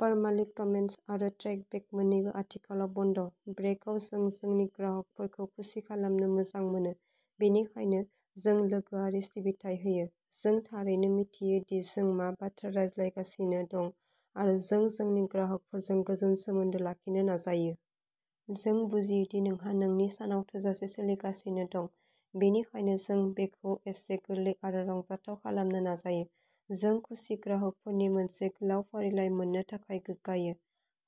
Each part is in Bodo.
पारमालिक कमेन्ट्स आरो ट्रेकबेक मोननैबो आथिखालाव बन्द’। ब्रेक'आव जों जोंनि ग्राहकफोरखौ खुसि खालामनो मोजां मोनो। बेनिखायनो, जों लोगोआरि सिबिथाइ होयो। जों थारैनो मिथियो दि जों मा बाथ्रा रायज्लायगासिनो दं, आरो जों जोंनि ग्राहकफोरजों गोजोन सोमोन्दो लाखिनो नाजायो। जों बुजियो दि नोंहा नोंनि सानाव थोजासे सोलिगासिनो दं, बेनिखायनो जों बेखौ एसे गोरलै आरो रंजाथाव खालामनो नाजायो। जों खुसि ग्राहकफोरनि मोनसे गोलाव फारिलाइ मोननो थाखाय गोग्गायो।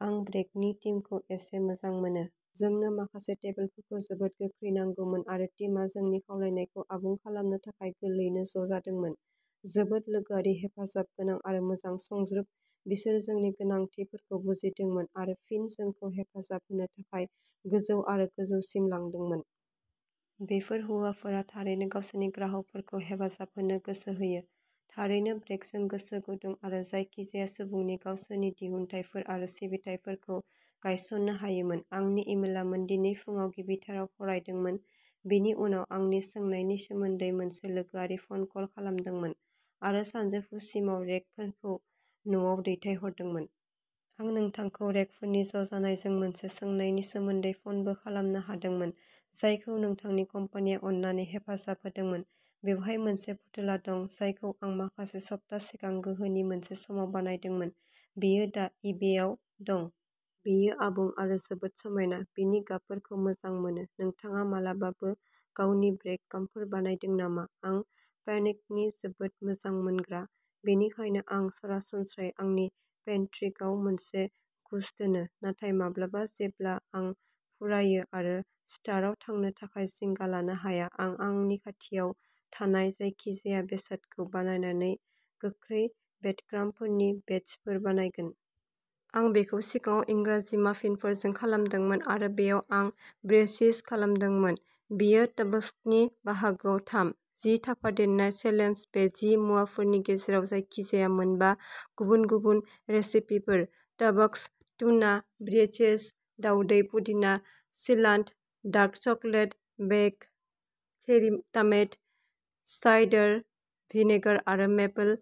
"आं ब्रेक'नि टिमखौ एसे मोजां मोनो। जोंनो माखासे टेबोलफोरखौ जोबोद गोख्रै नांगौमोन आरो टिमआ जोंनि खावलायनायखौ आबुं खालामनो थाखाय गोरलैयैनो ज' जादोंमोन। जोबोद लोगोआरि हेफाजाबगोनां, आरो मोजां सुंज्रोब, बिसोरो जोंनि गोनांथिफोरखौ बुजिदोंमोन आरो फिन जोंखौ हेफाजाब होनो थाखाय गोजौ आरो गोजौसिम लांदोंमोन। बेफोर हौवाफोरा थारैनो गावसोरनि ग्राहकफोरखौ हेफाजाब होनो गोसो होयो। थारैनो ब्रेक'जों गोसो गुदुं, आरो जायखिजाया सुबुंनो गावसोरनि दिहुनथायफोर आरो सिबिथाइफोरखौ गनायस'नो हायोमोन।" आंनि इमेलामोन। दिनै फुंआव गिबिथाराव फरायदोंमोन, बिनि उनाव आंनि सोंनायनि सोमोन्दै मोनसे लोगोआरि फन कल खालामदोंमोन, आरो सानजौफुसिमाव रेक फोरखौ न'आव दैथायहरदोंमोन। आं नोंथांखौ रेक फोरनि ज' जानायजों मोनसे सोंनायनि सोमोन्दै फनबो खालामनो हादोंमोन, जायखौ नोंथांनि कम्पानिया अननानै हेफाजाब होदोंमोन। "बेवहाय मोनसे फुथुला दं जायखौ आं माखासे सप्ता सिगां गोहोनि मोनसे समाव बानायदोंमोन। बियो दा इबे आव दं। बियो आबुं, आरो जोबोद समायना, बिनि गाबफोरखौ मोजां मोनो। नोंथाङा मालाबाबो गावनि ब्रेडक्राम्बफोर बानायदों नामा? आं पेनिकनि जोबोद मोजां मोजां मोनग्रा, बेनिखायनो आं सरासनस्रायै आंनि पेन्ट्रिआव मोनसे गुस्स दोनो, नाथाय माब्लाबा जेब्ला आं फुरायो आरो स्टारआव थांनो थाखाय जिंगा लानो हाया, आं आंनि खाथियाव थानाय जायखिजाया बेसादखौ बानायनानै गोख्रै ब्रेडक्राम्बफोरनि बेचफोर बानायगोन। आं बेखौ सिगाङाव इंराजि माफिनफोरजों खालामदोंमोन आरो बेयाव आं ब्रेचिज खालामदोंमोन। बेयो ताबाक्सनि बाहागोआ थाम। जि थाफादेरनाय चेलेन्ज-बे जि मुवाफोरनि गेजेराव जायखि-जाया मोन बा गुबुन-गुबुन रेसिपिफोर टाबाक्स, टुना, ब्रिचेच, दाउदै, पुदिना सिलान्ट, डार्क चकलेट, बेग, चेरि टामेट, साइडार भिनेगार आरो मेपल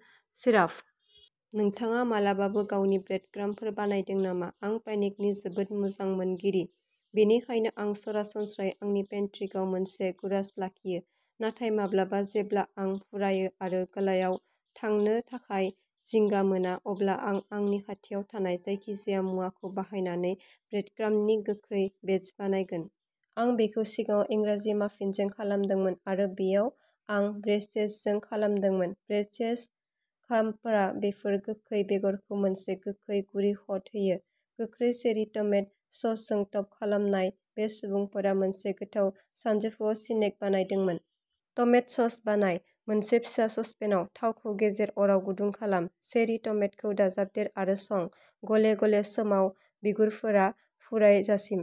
सिराप। नोंथाङा मालाबाबो गावनि ब्रेडक्राम्ब बानायदों नामा? आं पाइनेकनि जोबोद मोजां मोनगिरि। बेनिखायनो आं सरासनस्रायै आंनि पेन्ट्रिआव मोनसे गुरास लाखियो, नाथाय माब्लाबा जेब्ला आं फुरायो आरो गोलायाव थांनो थाखाय जिंगा मोना, अब्ला आं आंनि खाथियाव थानाय जायखिजाया मुवाखौ बाहायनानै ब्रेडक्राम्बनि गोख्रै बेच बानायगोन। आं बेखौ सिगाङाव इंराजि माफिनजों खालामदोंमोन आरो बेयाव आं ब्रेचतेचजों खालामदोंमोन। ब्रेचतेच क्राम्बफ्रा बेफोर गोखै बेगरखौ मोनसे गोखै, गुरै कट होयो। गोख्रै चेरि टमेट ससजों टप खालामनाय, बे सुबुंफोरा मोनसे गोथाव सानजौफुआव सिनेक बानायदोंमोन। टमेट सस बानाय मोनसे फिसा ससपेनाव, थावखौ गेजेर अराव गुदुं खालाम। चेरि टमेटखौ दाजाबदेर आरो सं, गले गले सोमाव बिगुरफोरा फुरायजासिम।